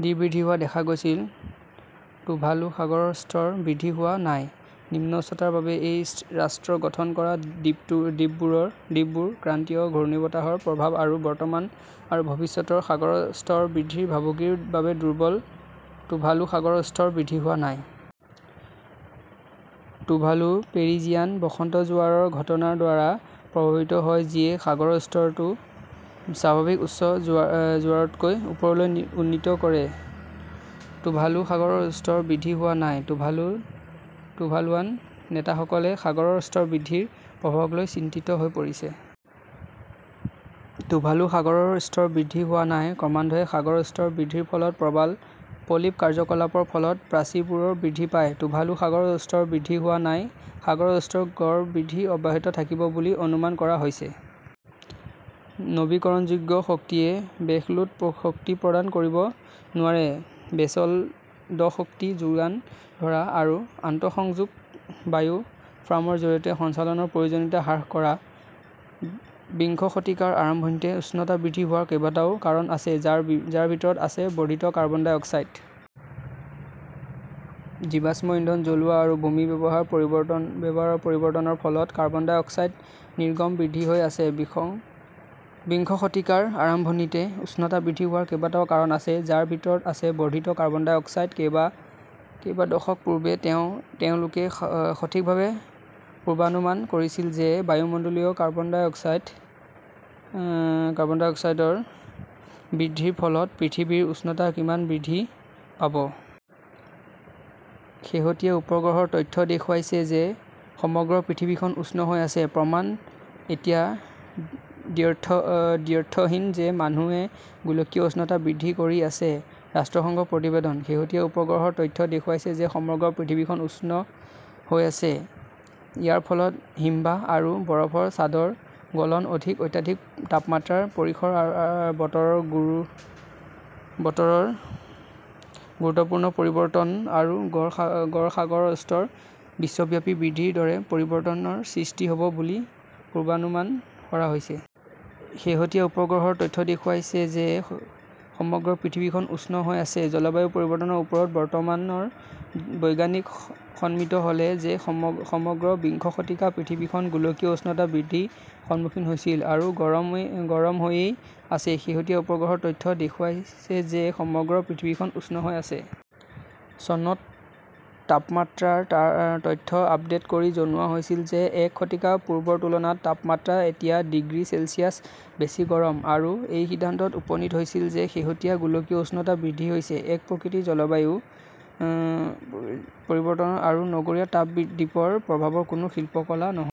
D. বৃদ্ধি হোৱা দেখা গৈছিল। টুভালু সাগৰৰ স্তৰ বৃদ্ধি হোৱা নাই। নিম্ন উচ্চতাৰ বাবে, এই ৰাষ্ট্ৰ গঠন কৰা দ্বীপবোৰ ক্ৰান্তীয় ঘূৰ্ণীবতাহৰ প্ৰভাৱ আৰু বৰ্তমান আৰু ভৱিষ্যতৰ সাগৰৰ স্তৰ বৃদ্ধিৰ ভাবুকিৰ বাবে দুৰ্বল। টুভালু সাগৰৰ স্তৰ বৃদ্ধি হোৱা নাই। টুভালু পেৰিজিয়ান বসন্ত জোৱাৰৰ ঘটনাৰ দ্বাৰাও প্ৰভাৱিত হয় যিয়ে সাগৰৰ স্তৰটো স্বাভাৱিক উচ্চ জোৱাৰতকৈ ওপৰলৈ উন্নীত কৰে। টুভালু সাগৰৰ স্তৰ বৃদ্ধি হোৱা নাই। টুভালুৱান নেতাসকলে সাগৰৰ স্তৰ বৃদ্ধিৰ প্ৰভাৱক লৈ চিন্তিত হৈ পৰিছে। টুভালু সাগৰৰ স্তৰ বৃদ্ধি হোৱা নাই। ক্ৰমান্বয়ে সাগৰৰ স্তৰ বৃদ্ধিৰ ফলত প্ৰবাল পলিপ কাৰ্যকলাপৰ ফলত প্ৰাচীৰবোৰ বৃদ্ধি পায়। টুভালু সাগৰৰ স্তৰ বৃদ্ধি হোৱা নাই। সাগৰৰ স্তৰৰ গড় বৃদ্ধি অব্যাহত থাকিব বুলি অনুমান কৰা হৈছে। নৱীকৰণযোগ্য শক্তিয়ে বেসলোড শক্তি প্ৰদান কৰিব নোৱাৰে। "বেচেল 'ড শক্তি যোগান ধৰা আৰু আন্তঃসংযোগ বায়ু ফাৰ্মৰ জৰিয়তে সঞ্চালনৰ প্ৰয়োজনীয়তা হ্ৰাস কৰা। "। বিংশ শতিকাৰ আৰম্ভণিতে উষ্ণতা বৃদ্ধি হোৱাৰ কেইবাটাও কাৰণ আছে, যাৰ ভিতৰত আছে বৰ্ধিত কাৰ্বন ডাই অক্সাইড। জীৱাশ্ম ইন্ধন জ্বলোৱা আৰু ভূমি ব্যৱহাৰৰ পৰিৱৰ্তনৰ ফলত কাৰ্বন ডাই অক্সাইড নিৰ্গমন বৃদ্ধি হৈ আছে। বিংশ শতিকাৰ আৰম্ভণিতে উষ্ণতা বৃদ্ধি হোৱাৰ কেইবাটাও কাৰণ আছে, যাৰ ভিতৰত আছে বৰ্ধিত কাৰ্বন ডাই অক্সাইড। কেইবা দশক পূৰ্বে তেওঁলোকে সঠিকভাৱে পূৰ্বানুমান কৰিছিল যে বায়ুমণ্ডলীয় কাৰ্বন ডাই অক্সাইডৰ বৃদ্ধিৰ ফলত পৃথিৱীৰ উষ্ণতা কিমান বৃদ্ধি পাব। শেহতীয়া উপগ্ৰহৰ তথ্যই দেখুৱাইছে যে সমগ্ৰ পৃথিৱীখন উষ্ণ হৈ আছে। "প্ৰমাণ এতিয়া 'দ্ব্যৰ্থহীন' যে মানুহে গোলকীয় উষ্ণতা বৃদ্ধি কৰি আছে-ৰাষ্ট্ৰসংঘৰ প্ৰতিবেদন। " শেহতীয়া উপগ্ৰহৰ তথ্যই দেখুৱাইছে যে সমগ্ৰ পৃথিৱীখন উষ্ণ হৈ আছে। ইয়াৰ ফলত হিমবাহ আৰু বৰফৰ চাদৰ গলন, অধিক অত্যাধিক তাপমাত্ৰাৰ পৰিসৰ, বতৰত গুৰুত্বপূৰ্ণ পৰিৱৰ্তন আৰু গড় সাগৰৰ স্তৰত বিশ্বব্যাপী বৃদ্ধিৰ দৰে পৰিৱৰ্তনৰ সৃষ্টি হ 'ব বুলি পূৰ্বানুমান কৰা হৈছে। শেহতীয়া উপগ্ৰহৰ তথ্যই দেখুৱাইছে যে সমগ্ৰ পৃথিৱীখন উষ্ণ হৈ আছে। জলবায়ু পৰিৱৰ্তনৰ ওপৰত বৰ্তমানৰ বৈজ্ঞানিক সন্মতি হ 'ল যে সমগ্ৰ বিংশ শতিকাত পৃথিৱীখন গোলকীয় উষ্ণতা বৃদ্ধিৰ সন্মুখীন হৈছিল আৰু গৰম হৈয়েই আছে। শেহতীয়া উপগ্ৰহৰ তথ্যই দেখুৱাইছে যে সমগ্ৰ পৃথিৱীখন উষ্ণ হৈ আছে। চনত তাপমাত্ৰাৰ তথ্য আপডেট কৰি জনোৱা হৈছিল যে এক শতিকা পূৰ্বৰ তুলনাত তাপমাত্ৰা এতিয়া ডিগ্ৰী চেলছিয়াছ বেছি গৰম, আৰু এই সিদ্ধান্তত উপনীত হৈছিল যে শেহতীয়া গোলকীয় উষ্ণতা বৃদ্ধি হৈছে এক প্ৰকৃত জলবায়ু পৰিৱৰ্তন আৰু নগৰীয়া তাপ দ্বীপৰ প্ৰভাৱৰ কোনো শিল্পকলা নহয়।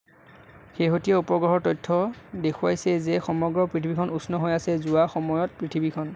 শেহতীয়া উপগ্ৰহৰ তথ্যই দেখুৱাইছে যে সমগ্ৰ পৃথিৱীখন উষ্ণ হৈ আছে। যোৱা সময়ত পৃথিৱীখন